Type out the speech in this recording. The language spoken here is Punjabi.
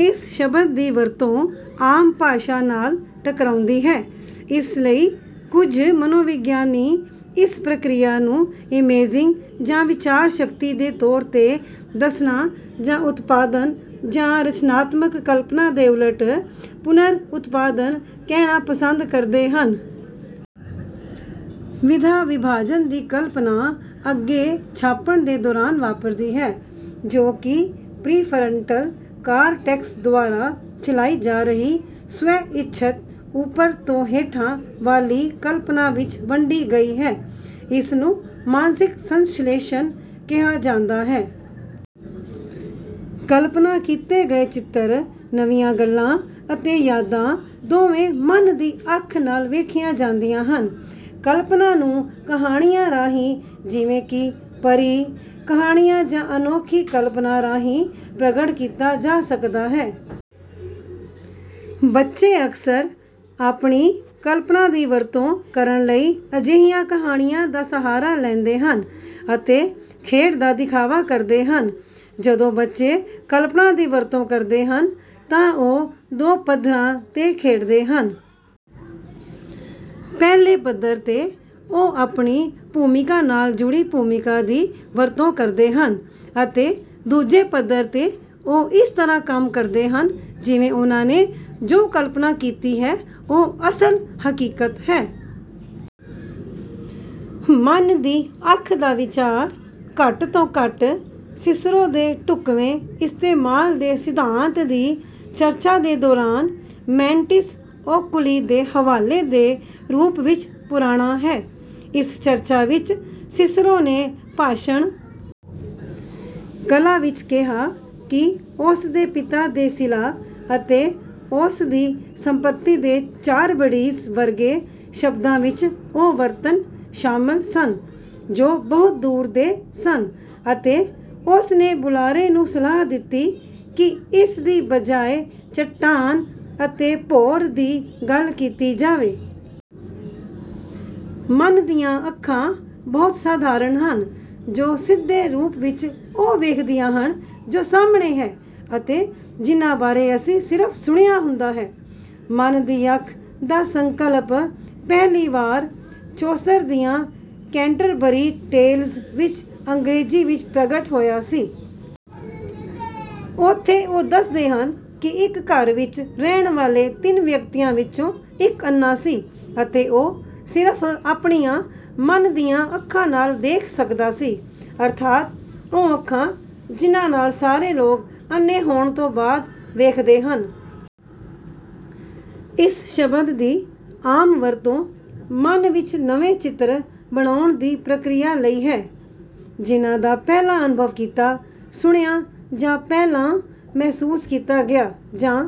ਇਸ ਸ਼ਬਦ ਦੀ ਵਰਤੋਂ ਆਮ ਭਾਸ਼ਾ ਨਾਲ ਟਕਰਾਉਂਦੀ ਹੈ। ਇਸ ਲਈ ਕੁਝ ਮਨੋਵਿਗਿਆਨੀ ਇਸ ਪ੍ਰਕਿਰਿਆ ਨੂੰ "ਇਮੇਜਿੰਗ" ਜਾਂ "ਵਿਚਾਰ ਸ਼ਕਤੀ" ਦੇ ਤੌਰ 'ਤੇ ਦੱਸਣਾ ਜਾਂ "ਉਤਪਾਦਕ" ਜਾਂ "ਰਚਨਾਤਮਕ" ਕਲਪਨਾ ਦੇ ਉਲਟ "ਪੁਨਰ-ਉਤਪਾਦਨ" ਕਹਿਣਾ ਪਸੰਦ ਕਰਦੇ ਹਨ। ਵਿਧਾ-ਵਿਭਾਜਨ ਦੀ ਕਲਪਨਾ ਅੱਗੇ ਛਾਪਣ ਦੇ ਦੌਰਾਨ ਵਾਪਰਦੀ ਹੈ, ਜੋ ਕਿ ਪ੍ਰੀਫਰੰਟਲ ਕਾਰਟੈਕਸ ਦੁਆਰਾ ਚਲਾਈ ਜਾ ਰਹੀ ਸਵੈ-ਇੱਛਤ ਉੱਪਰ ਤੋਂ ਹੇਠਾਂ ਵਾਲੀ ਕਲਪਨਾ ਵਿੱਚ ਵੰਡੀ ਗਈ ਹੈ। ਇਸ ਨੂੰ ਮਾਨਸਿਕ ਸੰਸ਼ਲੇਸ਼ਣ ਕਿਹਾ ਜਾਂਦਾ ਹੈ। ਕਲਪਨਾ ਕੀਤੇ ਗਏ ਚਿੱਤਰ, ਨਵੀਆਂ ਗੱਲਾਂ ਅਤੇ ਯਾਦਾਂ ਦੋਵੇਂ "ਮਨ ਦੀ ਅੱਖ" ਨਾਲ ਵੇਖੀਆਂ ਜਾਂਦੀਆਂ ਹਨ। ਕਲਪਨਾ ਨੂੰ ਕਹਾਣੀਆਂ ਰਾਹੀਂ ਜਿਵੇਂ ਕਿ ਪਰੀ ਕਹਾਣੀਆਂ ਜਾਂ ਅਨੋਖੀ ਕਲਪਨਾ ਰਾਹੀਂ ਪ੍ਰਗਟ ਕੀਤਾ ਜਾ ਸਕਦਾ ਹੈ। ਬੱਚੇ ਅਕਸਰ ਆਪਣੀ ਕਲਪਨਾ ਦੀ ਵਰਤੋਂ ਕਰਨ ਲਈ ਅਜਿਹੀਆਂ ਕਹਾਣੀਆਂ ਦਾ ਸਹਾਰਾ ਲੈਂਦੇ ਹਨ ਅਤੇ ਖੇਡ ਦਾ ਦਿਖਾਵਾ ਕਰਦੇ ਹਨ। ਜਦੋਂ ਬੱਚੇ ਕਲਪਨਾ ਦੀ ਵਰਤੋਂ ਕਰਦੇ ਹਨ ਤਾਂ ਉਹ ਦੋ ਪੱਧਰਾਂ 'ਤੇ ਖੇਡਦੇ ਹਨ। ਪਹਿਲੇ ਪੱਧਰ 'ਤੇ ਉਹ ਆਪਣੀ ਭੂਮਿਕਾ ਨਾਲ ਜੁੜੀ ਭੂਮਿਕਾ ਦੀ ਵਰਤੋਂ ਕਰਦੇ ਹਨ ਅਤੇ ਦੂਜੇ ਪੱਧਰ 'ਤੇ ਉਹ ਇਸ ਤਰ੍ਹਾਂ ਕੰਮ ਕਰਦੇ ਹਨ ਜਿਵੇਂ ਉਨ੍ਹਾਂ ਨੇ ਜੋ ਕਲਪਨਾ ਕੀਤੀ ਹੈ ਉਹ ਅਸਲ, ਹਕੀਕਤ ਹੈ। "ਮਨ ਦੀ ਅੱਖ" ਦਾ ਵਿਚਾਰ ਘੱਟ ਤੋਂ ਘੱਟ ਸਿਸਰੋ ਦੇ ਢੁਕਵੇਂ ਇਸਤੇਮਾਲ ਦੇ ਸਿਧਾਂਤ ਦੀ ਚਰਚਾ ਦੇ ਦੌਰਾਨ ਮੈਂਟਿਸ ਓਕੂਲੀ ਦੇ ਹਵਾਲੇ ਦੇ ਰੂਪ ਵਿੱਚ ਪੁਰਾਣਾ ਹੈ। ਇਸ ਚਰਚਾ ਵਿੱਚ ਸਿਸਰੋ ਨੇ ਭਾਸ਼ਣ ਕਲਾ ਵਿੱਚ ਕਿਹਾ ਕਿ "ਉਸ ਦੇ ਪਿਤਾ ਦੇ ਸਿਲਾ" ਅਤੇ "ਉਸ ਦੀ ਸੰਪਤੀ ਦੇ ਚਾਰਬਡੀਸ" ਵਰਗੇ ਸ਼ਬਦਾਂ ਵਿੱਚ ਉਹ ਵਰਣਨ ਸ਼ਾਮਲ ਸਨ ਜੋ "ਬਹੁਤ ਦੂਰ ਦੇ" ਸਨ ਅਤੇ ਉਸ ਨੇ ਬੁਲਾਰੇ ਨੂੰ ਸਲਾਹ ਦਿੱਤੀ ਕਿ ਇਸ ਦੀ ਬਜਾਏ "ਚੱਟਾਨ" ਅਤੇ "ਭੌਰ" ਦੀ ਗੱਲ ਕੀਤੀ ਜਾਵੇ। ਮਨ ਦੀਆਂ ਅੱਖਾਂ ਬਹੁਤ ਸਾਧਾਰਨ ਹਨ ਜੋ ਸਿੱਧੇ ਰੂਪ ਵਿੱਚ ਉਹ ਵੇਖਦੀਆਂ ਹਨ ਜੋ ਸਾਹਮਣੇ ਹੈ ਅਤੇ ਜਿਨ੍ਹਾਂ ਬਾਰੇ ਅਸੀਂ ਸਿਰਫ ਸੁਣਿਆ ਹੁੰਦਾ ਹੈ। "ਮਨ ਦੀ ਅੱਖ" ਦਾ ਸੰਕਲਪ ਪਹਿਲੀ ਵਾਰ ਚੌਸਰ ਦੀਆਂ ਕੈਂਟਰਬਰੀ ਟੇਲਜ਼ ਵਿੱਚ ਅੰਗਰੇਜ਼ੀ ਵਿੱਚ ਪ੍ਰਗਟ ਹੋਇਆ ਸੀ। ਉੱਥੇ ਉਹ ਦੱਸਦੇ ਹਨ ਕਿ ਇੱਕ ਘਰ ਵਿੱਚ ਰਹਿਣ ਵਾਲੇ ਤਿੰਨ ਵਿਅਕਤੀਆਂ ਵਿੱਚੋਂ ਇੱਕ ਅੰਨ੍ਹਾ ਸੀ ਅਤੇ ਉਹ ਸਿਰਫ "ਆਪਣੀਆਂ ਮਨ ਦੀਆਂ ਅੱਖਾਂ" ਨਾਲ ਦੇਖ ਸਕਦਾ ਸੀ। ਅਰਥਾਤ ਉਹ ਅੱਖਾਂ "ਜਿਨ੍ਹਾਂ ਨਾਲ ਸਾਰੇ ਲੋਕ ਅੰਨ੍ਹੇ ਹੋਣ ਤੋਂ ਬਾਅਦ ਵੇਖਦੇ ਹਨ"। ਇਸ ਸ਼ਬਦ ਦੀ ਆਮ ਵਰਤੋਂ ਮਨ ਵਿੱਚ ਨਵੇਂ ਚਿੱਤਰ ਬਣਾਉਣ ਦੀ ਪ੍ਰਕਿਰਿਆ ਲਈ ਹੈ ਜਿਨ੍ਹਾਂ ਦਾ ਪਹਿਲਾਂ ਅਨੁਭਵ ਕੀਤਾ, ਸੁਣਿਆ, ਜਾਂ ਪਹਿਲਾਂ ਮਹਿਸੂਸ ਕੀਤਾ ਗਿਆ, ਜਾਂ